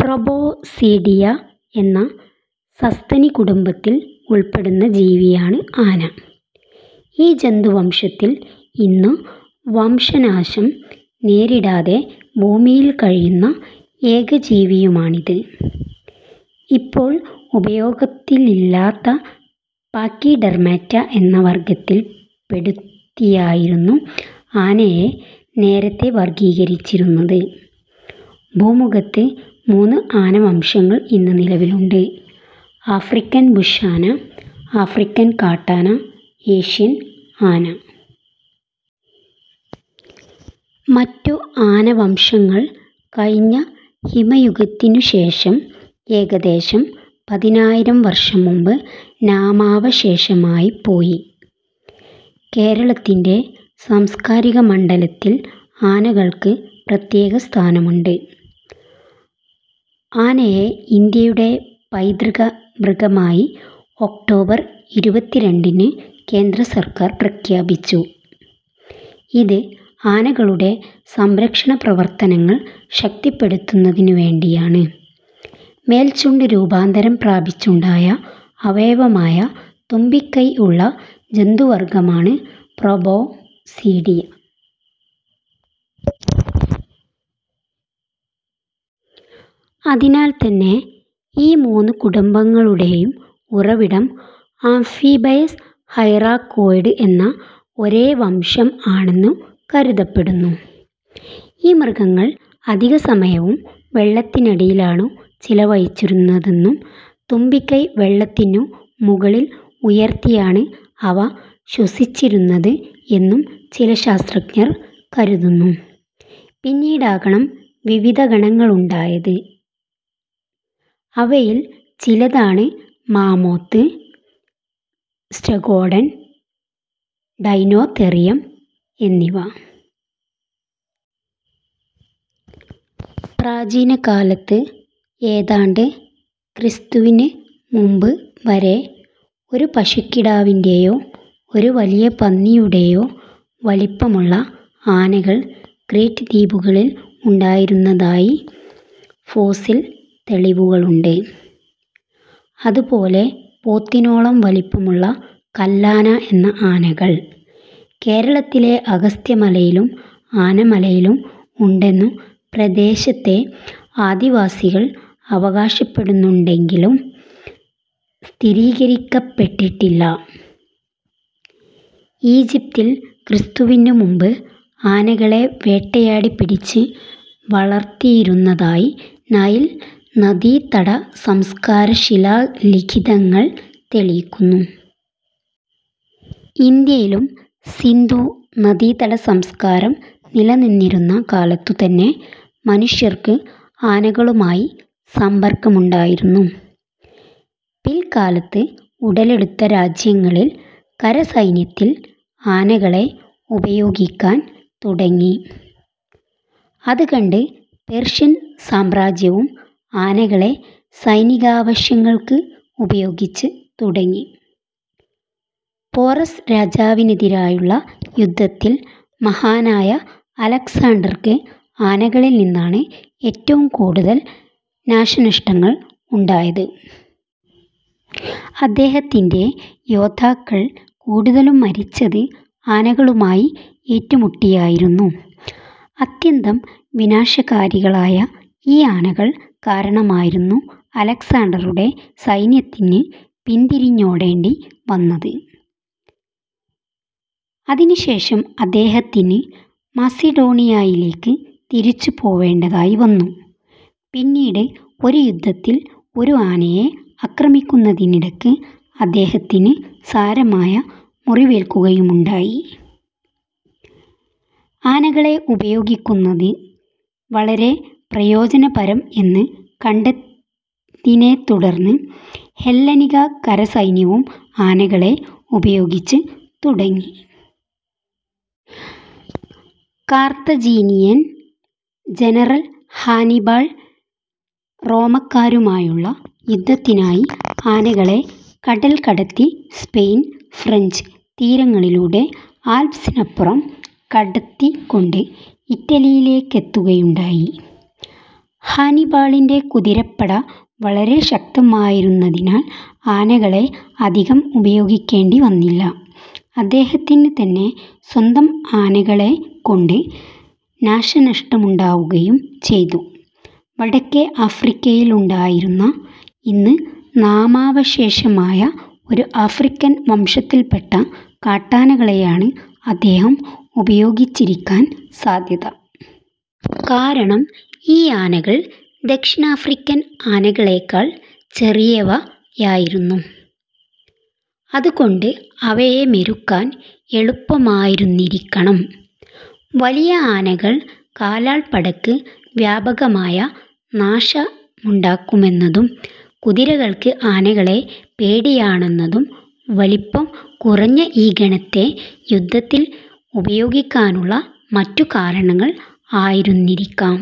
Proboscidea എന്ന സസ്തനികുടുംബത്തിൽ ഉൾപ്പെടുന്ന ജീവിയാണ് ആന. ഈ ജന്തുവംശത്തിൽ ഇന്നു വംശനാശം നേരിടാതെ ഭൂമിയിൽ കഴിയുന്ന ഏക ജീവിയുമാണിത്. ഇപ്പോൾ ഉപയോഗത്തിലില്ലാത്ത പാക്കിഡെർമാറ്റ എന്ന വർഗ്ഗത്തിൽ പെടുത്തിയായിരുന്നു ആനയെ നേരത്തേ വർഗ്ഗീകരിച്ചിരുന്നത്. ഭൂമുഖത്ത് മൂന്ന് ആനവംശങ്ങൾ ഇന്ന് നിലവിലുണ്ട്: ആഫ്രിക്കൻ ബുഷ് ആന, ആഫ്രിക്കൻ കാട്ടാന, ഏഷ്യൻ ആന. മറ്റു ആനവംശങ്ങൾ കഴിഞ്ഞ ഹിമയുഗത്തിനു ശേഷം, എകദേശം പതിനായിരം വർഷം മുൻപ് നാമാവശേഷമായിപ്പോയി. കേരളത്തിന്റെ സാംസ്കാരികമണ്ഡലത്തിൽ ആനകൾക്ക് പ്രത്യേക സ്ഥാനമുണ്ട്. ആനയെ ഇന്ത്യയുടെ പൈതൃക മൃഗമായി ഒക്ടോബർ ഇരുപത്തിരണ്ടിന് കേന്ദ്ര സർക്കാർ പ്രഖ്യാപിച്ചു. ഇത്, ആനകളുടെ സംരക്ഷണ പ്രവർത്തനങ്ങൾ ശക്തിപ്പെടുത്തുന്നതിനുവേണ്ടിയാണ്. മേൽച്ചുണ്ട് രൂപാന്തരം പ്രാപിച്ചുണ്ടായ അവയവമായ തുമ്പിക്കൈ ഉള്ള ജന്തുവർഗ്ഗങ്ങളാണ് പ്രൊബോസിഡിയ. അതിനാൽ തന്നെ ഈ മൂന്നു കുടുംബങ്ങളുടേയും ഉറവിടം ആംഫിബയസ് ഹൈറാകോയ്ഡ് എന്ന ഒരേ വംശം ആണെന്നു കരുതപ്പെടുന്നു. ഈ മൃഗങ്ങൾ അധിക സമയവും വെള്ളത്തിനടിയിലാണു ചിലവഴിച്ചിരുന്നതെന്നും തുമ്പിക്കൈ വെള്ളത്തിനു മുകളിൽ ഉയർത്തിയാണ് അവ ശ്വസിച്ചിരുന്നത് എന്നും ചില ശാസ്ത്രജ്ഞർ കരുതുന്നു. പിന്നീടാകണം വിവിധ ഗണങ്ങളുണ്ടായത്. അവയിൽ ചിലതാണ് മാമോത്ത്, സ്റ്റെഗോഡൻ, ഡൈനോതെറിയം എന്നിവ. പ്രാചീനകാലത്ത്, ഏതാണ്ട് ക്രി. മു. വരെ, ഒരു പശുക്കിടാവിന്റേയോ, ഒരു വലിയ പന്നിയുടേയോ വലിപ്പമുള്ള ആനകൾ ക്രേറ്റ് ദ്വീപുകളിൽ ഉണ്ടായിരുന്നതായി ഫോസിൽ തെളിവുകളുണ്ട്. അതുപോലെ പോത്തിനോളം വലിപ്പമുള്ള കല്ലാന എന്ന ആനകൾ, കേരളത്തിലെ അഗസ്ത്യമലയിലും ആനമലയിലും ഉണ്ടെന്നു പ്രദേശത്തെ ആദിവാസികൾ അവകാശപ്പെടുന്നുണ്ടെങ്കിലും സ്ഥിരീകരിക്കപ്പെട്ടിട്ടില്ല. ഈജിപ്തിൽ ക്രിസ്തുവിനു മുമ്പ് ആനകളെ വേട്ടയാടി പിടിച്ച് വളർത്തിയിരുന്നതായി നൈൽ നദീതടസംസ്കാരശിലാ ലിഖിതങ്ങൾ തെളിയിക്കുന്നു. ഇന്ത്യയിലും സിന്ധു നദീതട സംസ്കാരംനിലനിന്നിരുന്ന കാലത്തുതന്നെ മനുഷ്യർക്ക് ആനകളുമായി സമ്പർക്കമുണ്ടായിരുന്നു. പിൽക്കാലത്ത് ഉടലെടുത്ത രാജ്യങ്ങളിൽ കരസൈന്യത്തിൽ ആനകളെ ഉപയോഗിക്കാൻ തുടങ്ങി. അത് കണ്ട്പേർഷ്യൻ സാമ്രാജ്യവും ആനകളെ സൈനികാവശ്യങ്ങൾക്ക് ഉപയോഗിച്ച് തുടങ്ങി. പോറസ്സ് രാജാവിനെതിരായുള്ള യുദ്ധത്തിൽ മഹാനായ അലക്സാണ്ടർക്ക് ആനകളിൽ നിന്നാണ് ഏറ്റവും കൂടുതൽ നാശനഷ്ടങ്ങൾ ഉണ്ടായത്. അദ്ദേഹത്തിന്റെ യോദ്ധാക്കൾ കൂടുതലും മരിച്ചത് ആനകളുമായി ഏറ്റുമുട്ടിയായിരുന്നു. അത്യന്തം വിനാശകാരികളായ ഈ ആനകൾ കാരണമായിരുന്നു അലക്സാണ്ടറുടെ സൈന്യത്തിന്ന് പിന്തിരിഞ്ഞോടേണ്ടിവന്നത്. അതിനുശേഷം അദ്ദേഹത്തിന് മാസിഡോണിയയിലേക്ക് തിരിച്ചു പോവേണ്ടതായി വന്നു. പിന്നീട് ഒരു യുദ്ധത്തിൽ ഒരു ആനയെ ആക്രമിക്കുന്നതിനിടക്ക് അദ്ദേഹത്തിന് സാരമായ മുറിവേൽക്കുകയുമുണ്ടായി. ആനകളെ ഉപയോഗിക്കുന്നത് വളരെ പ്രയോജനപരം എന്ന് കണ്ടതിനെത്തുടർന്ന് ഹെല്ലനിക കരസൈന്യവും ആനകളെ ഉപയോഗിച്ച് തുടങ്ങി. കാർത്തജീനിയൻ ജനറൽ ഹാനിബാൾ റോമാക്കാരുമായുള്ള യുദ്ധത്തിനായി ആനകളെ കടൽ കടത്തി സ്പെയിൻ, ഫ്രഞ്ച് തീരങ്ങളിലൂടെ ആൽപ്പ്സിനപ്പുറം കടത്തിക്കൊണ്ട് ഇറ്റലിയിലേക്കെത്തുകയുണ്ടായി. ഹാനിബാളിന്റെ കുതിരപ്പട വളരെ ശക്തമായിരുന്നതിനാൽ ആനകളെ അധികം ഉപയോഗിക്കേണ്ടി വന്നില്ല. അദ്ദേഹത്തിന് തന്നെ സ്വന്തം ആനകളെകൊണ്ട് നാശനഷ്ടമുണ്ടാവുകയും ചെയ്തു. വടക്കേ ആഫ്രിക്കയിലുണ്ടായിരുന്ന, ഇന്ന് നാമാവശേഷമായ ഒരു ആഫ്രിക്കൻ വംശത്തിൽപ്പെട്ട കാട്ടാനകളെയാണ് അദ്ദേഹം ഉപയോഗിച്ചിരിക്കാൻ സാദ്ധ്യത. കാരണം ഈ ആനകൾ ദക്ഷിണാഫ്രിക്കൻ ആനകളേക്കാൾ ചെറിയവയായിരുന്നു; അതുകൊണ്ട് അവയെ മെരുക്കാൻ എളുപ്പമായിരുന്നിരിക്കണം. വലിയ ആനകൾ കാലാൾപ്പടയ്ക്ക് വ്യാപകമായ നാശമുണ്ടാക്കുമെന്നതും കുതിരകൾക്ക് ആനകളെ പേടിയാണെന്നതും വലിപ്പം കുറഞ്ഞ ഈ ഗണത്തെ യുദ്ധത്തിൽ ഉപയോഗിക്കാനുള്ള മറ്റു കാരണങ്ങൾ ആയിരുന്നിരിക്കാം.